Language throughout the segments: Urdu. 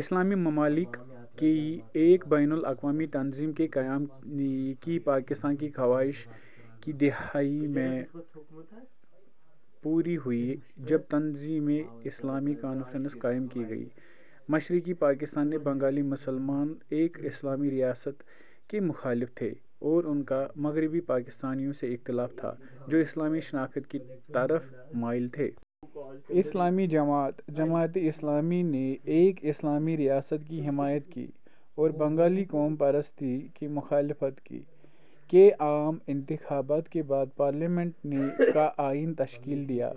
اسلامی ممالک کی ایک بین الاقوامی تنظیم کے قیام کی پاکستان کی خواہش کی دہائی میں پوری ہوئی جب تنظیمِ اسلامی کانفرنس قائم کی گئی۔ مشرقی پاکستان کے بنگالی مسلمان ایک اسلامی ریاست کے مخالف تھے اور ان کا مغربی پاکستانیوں سے اختلاف تھا جو اسلامی شناخت کی طرف مائل تھے۔ اسلامی جماعت، جماعتِ اسلامی نے ایک اسلامی ریاست کی حمایت کی اور بنگالی قوم پرستی کی مخالفت کی۔ کے عام انتخابات کے بعد، پارلیمنٹ نے کا آئین تشکیل دیا۔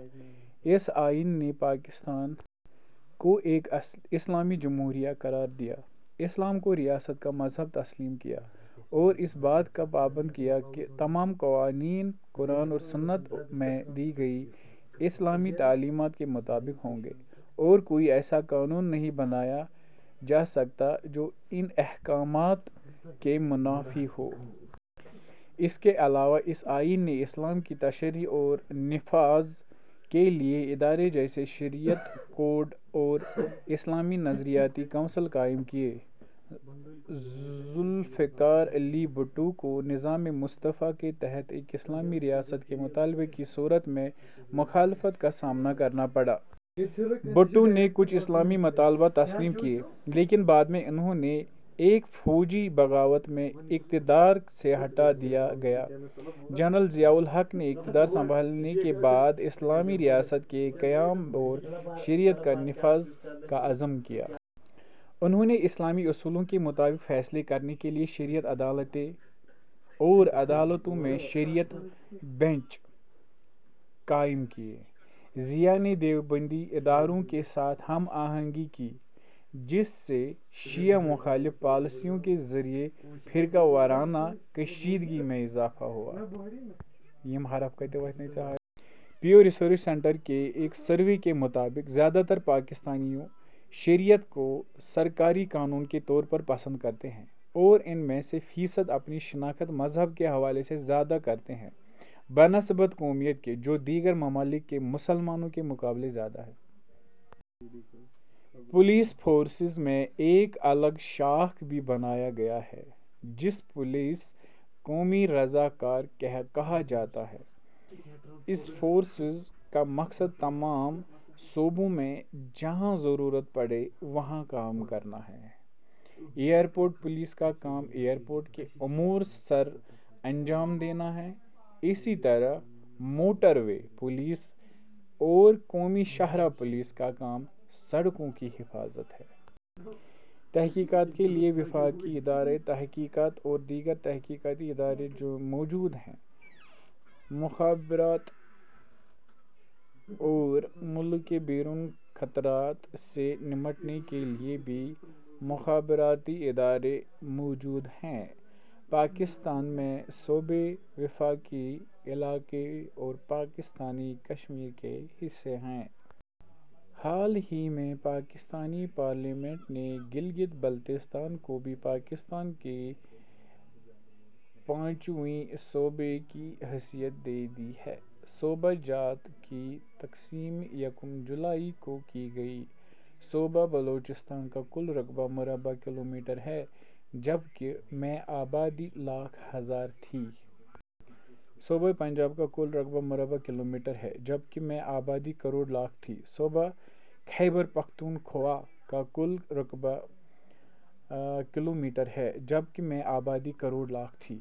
اس آئین نے پاکستان کو ایک اسلامی جمہوریہ قرار دیا، اسلام کو ریاست کا مذہب تسلیم کیا اور اس بات کا پابند کیا کہ تمام قوانین قرآن اور سنت میں دی گئی اسلامی تعلیمات کے مطابق ہوں گے اور کوئی ایسا قانون نہیں بنایا جا سکتا جو ان احکامات کے منافی ہو۔ اس کے علاوہ، اس آئین نے اسلام کی تشریح اور نفاذ کے لیے ادارے جیسے شریعت کورٹ اور اسلامی نظریاتی کونسل قائم کیے۔ ذو الفقار علی بھٹو کو نظامِ مصطفیٰ کے تحت ایک اسلامی ریاست کے مطالبے کی صورت میں مخالفت کا سامنا کرنا پڑا۔ بھٹو نے کچھ اسلامی مطالبات تسلیم کیے، لیکن بعد میں انھیں ایک فوجی بغاوت میں اقتدار سے ہٹا دیا گیا۔ جنرل ضیاء الحق نے اقتدار سنبھالنے کے بعد اسلامی ریاست کے قیام اور شریعت کے نفاذ کا عزم کیا۔ انھوں نے اسلامی اصولوں کے مطابق فیصلے کرنے کے لیے شریعت عدالتیں اور عدالتوں میں شریعت بنچ قائم کیے۔ ضیاء نے دیوبندی اداروں کے ساتھ ہم آہنگی کی، جس سے شیعہ مخالف پالیسیوں کے ذریعے فرقہ وارانہ کشیدگی میں اضافہ ہوا۔ پیو ریسرچ سینٹر کے ایک سروے کے مطابق، زیادہ تر پاکستانی شریعت کو سرکاری قانون کے طور پر پسند کرتے ہیں اور ان میں سے فیصد اپنی شناخت مذہب کے حوالے سے زیادہ کرتے ہیں بنسبت قومیت کے، جو دیگر ممالک کے مسلمانوں کے مقابلے میں زیادہ ہے۔ پولیس فورس میں ایک الگ شاخ بھی بنایا گیا ہے جسے پولیس قومی رضا کار کہا جاتا ہے، اس فورس کا مقصد تمام صوبوں میں جہاں ضرورت پڑے وہاں کام کرنا ہے۔ ایئرپورٹ پولیس کا کام ایئرپورٹ کے امور سر انجام دینا ہے اسی طرح موٹروے پولیس اور قومی شاہراہ پولیس کا کام سڑکوں کی حفاظت ہے۔ تحقیقات کے لیے وفاقی ادارۂ تحقیقات اور دیگر تحقیقاتی ادارے موجود ہیں۔ مخابرات اور ملک کے بیرون خطرات سے نمٹنے کے لیے بھی مخابراتی ادارے موجود ہیں۔ پاکستان میں صوبے، وفاقی علاقے اور پاکستانی کشمیر کے حصے ہیں۔ حال ہی میں پاکستانی پارلیمنٹ نے گلگت بلتستان کو بھی پاکستان کے پانچویں صوبے کی حیثیت دے دی ہے۔ صوبہ جات کی تقسیم یکم جولائی ء کو کی گئی۔ صوبہ بلوچستان کا کل رقبہ مربع کلومیٹر ہے جبکہ ء میں آبادی لاکھ ہزار تھی۔ صوبہ پنجاب کا کل رقبہ مربع کلومیٹر ہے جبکہ ء میں آبادی کروڑ لاکھ تھی۔ صوبہ خیبر پختونخوا کا کل رقبہ مربع کلومیٹر ہے جبکہ ء میں آبادی کروڑ لاکھ تھی۔